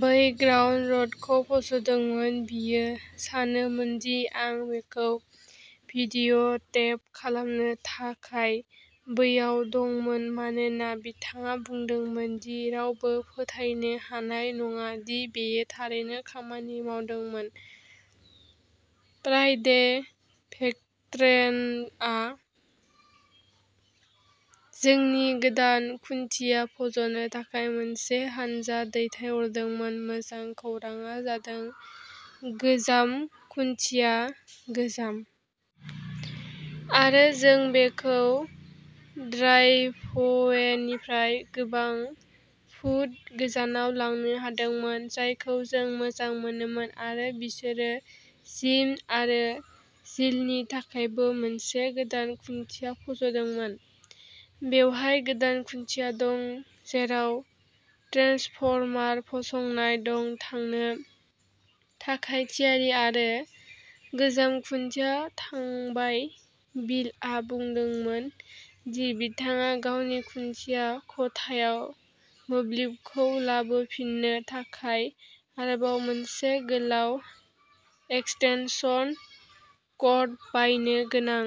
बै ग्राउन्ड रडखौ फज'दोंमोन बियो सानोमोनदि आं बेखौ भिडिअ'टेप खालामनो थाखाय बैयाव दंमोन मानोना बिथाङा बुंदोंमोन दि रावबो फोथायनो हानाय नङा दि बेयो थारैनो खामानि मावदोंमोन फ्राइडे भेक्ट्रेनआ जोंनि गोदान खुन्थिया फज'नो थाखाय मोनसे हानजा दैथायहरदोंमोन मोजां खौरांआ जादों गोजाम खुन्थिया गोजाम! आरो जों बेखौ ड्राइभवेनिफ्राय गोबां फुट गोजानाव लांनो हादोंमोन जायखौ जों मोजां मोनोमोन आरो बिसोरो जिम आरो जिलनि थाखायबो मोनसे गोदान खुन्थिया फज'दोंमोन बेवहाय गोदान खुन्थिया दं जेराव ट्रेन्सफर्मार फसंनाय दं थांनो थाखाय थियारि आरो गोजाम खुन्थिया थांबाय बिलआ बुंदोंमोन दि बिथाङा गावनि खुन्थिया खथायाव मोब्लिबखौ लाबोफिन्नो थाखाय आरोबाव मोनसे गोलाव एक्सटेनसन कर्ड बायनो गोनां।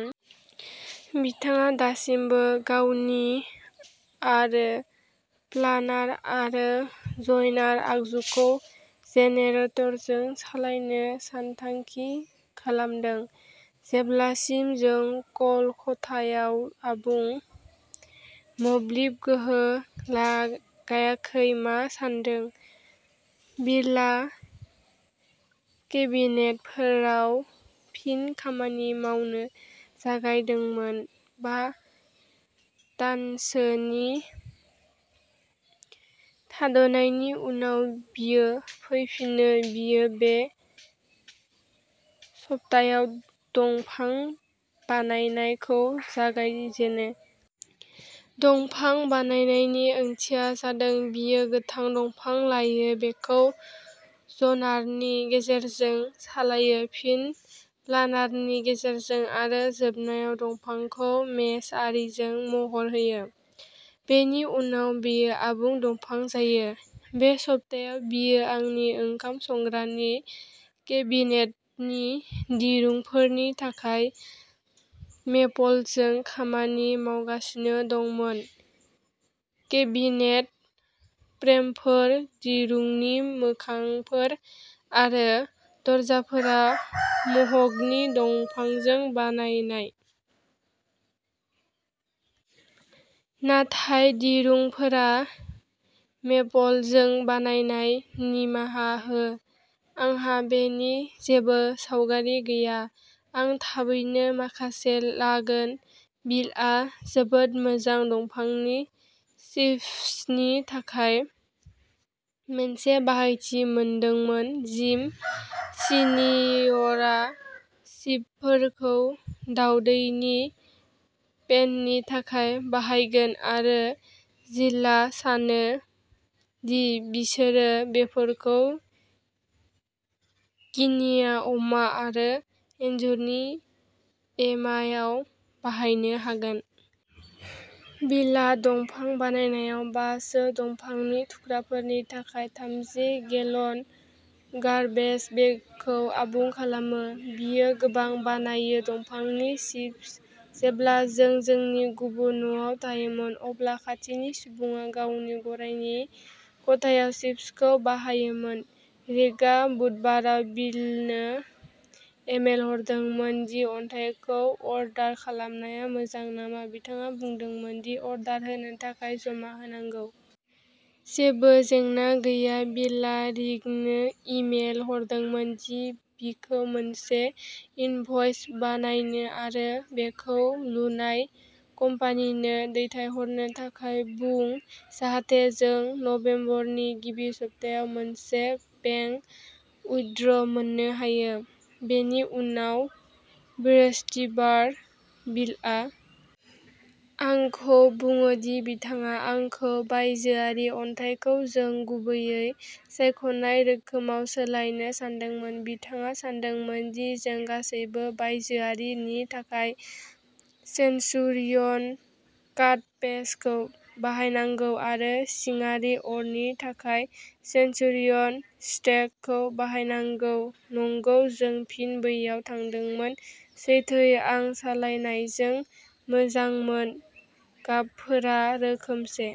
बिथाङा दासिमबो गावनि आरी प्लानार आरो ज'यनार आगजुखौ जेनेरेटरजों सालायनो सानथांखि खालामदों जेब्लासिम जों ख'ल खथायाव आबुं मोब्लिब गोहो लागायाखै मा सान्दों बिलआ केबिनेटफोराव फिन खामानि मावनो जागायदोंमोन बा दानसोनि थाद'नायनि उनाव बियो फैफिनो बियो बे सप्तायाव दंफां बानायनाय खौ जागायजेनो। दंफां बानायनाय नि ओंथिया जादों बियो गोथां दंफां लायो बेखौ ज'नारनि गेजेरजों सालायो फिन प्लानारनि गेजेरजों आरो जोबनायाव दंफांखौ मेज आरीजों महर होयो। बेनि उनाव बेयो आबुं दंफां जायो। बे सप्तायाव बियो आंनि ओंखाम संग्रानि केबिनेटनि दिरुंफोरनि थाखाय मेपलजों खामानि मावगासिनो दंमोन केबिनेट फ्रेमफोर दिरुंनि मोखांफोर आरो दरजाफोरा मह'गनि दंफांजों बानायनाय। नाथाय दिरुंफोरा मेपलजों बानायनाय निमाहा हो आंहा बेनि जेबो सावगारि गैया आं थाबैनो माखासे लागोन बिलआ जोबोद मोजां दंफांनि चिप्सनि थाखाय मोनसे बाहायथि मोनदोंमोन जिम सिनिअरआ चिपफोरखौ दावदैनि पेननि थाखाय बाहायगोन आरो जिलआ सानो दि बिसोरो बेफोरखौ गिनिया अमा आरो एन्जरनि एमायाव बाहायनो हागोन। बिलआ दंफां बानायनायाव बा सो दंफांनि थुख्राफोरनि थाखाय थामजि गेलन गार्बेज बेगखौ आबुं खालामो। बियो गोबां बानायो दंफांनि चिप्स जेब्ला जों जोंनि गुबुन न'आव थायोमोन अब्ला खाथिनि सुबुङा गावनि गरायनि खथायाव चिप्सखौ बाहायोमोन रिकआ बुधबाराव बिलनो इमेल हरदोंमोन दि अन्थाइखौ अर्डार खालामनाया मोजां नामा बिथाङा बुंदोंमोन दि अर्डार होनो थाखाय जमा होनांगौ। जेबो जेंना गैया बिलआ रिकनो इमेल हरदोंमोन दि बिखौ मोनसे इनभ'इस बानायनो आरो बेखौ लुनाय कम्पानिनो दैथायहरनो थाखाय बुं जाहाथे जों नबेम्बरनि गिबि सप्तायाव मोनसे बेंक उयड्र' मोननो हायो। बेनि उनाव बृहस्पतिबार बिलआ आंखौ बुङो दि बिथाङा आंखौ बायजोआरि अन्थाइखौ जों गुबैयै सायख'नाय रोखोमाव सोलायनो सानदोंमोन बिथाङा सानदोंमोन दि जों गासैबो बायजोआरि नि थाखाय सेन्चुरियन काटफेस खौ बाहायनांगौ आरो सिंआरि अरनि थाखाय सेन्चुरियन स्टेक खौ बाहायनांगौ नंगौ जों फिन बैयाव थांदोंमोन सैथोयै आं सोलायनायजों मोजांमोन गाबफोरा रोखोमसे।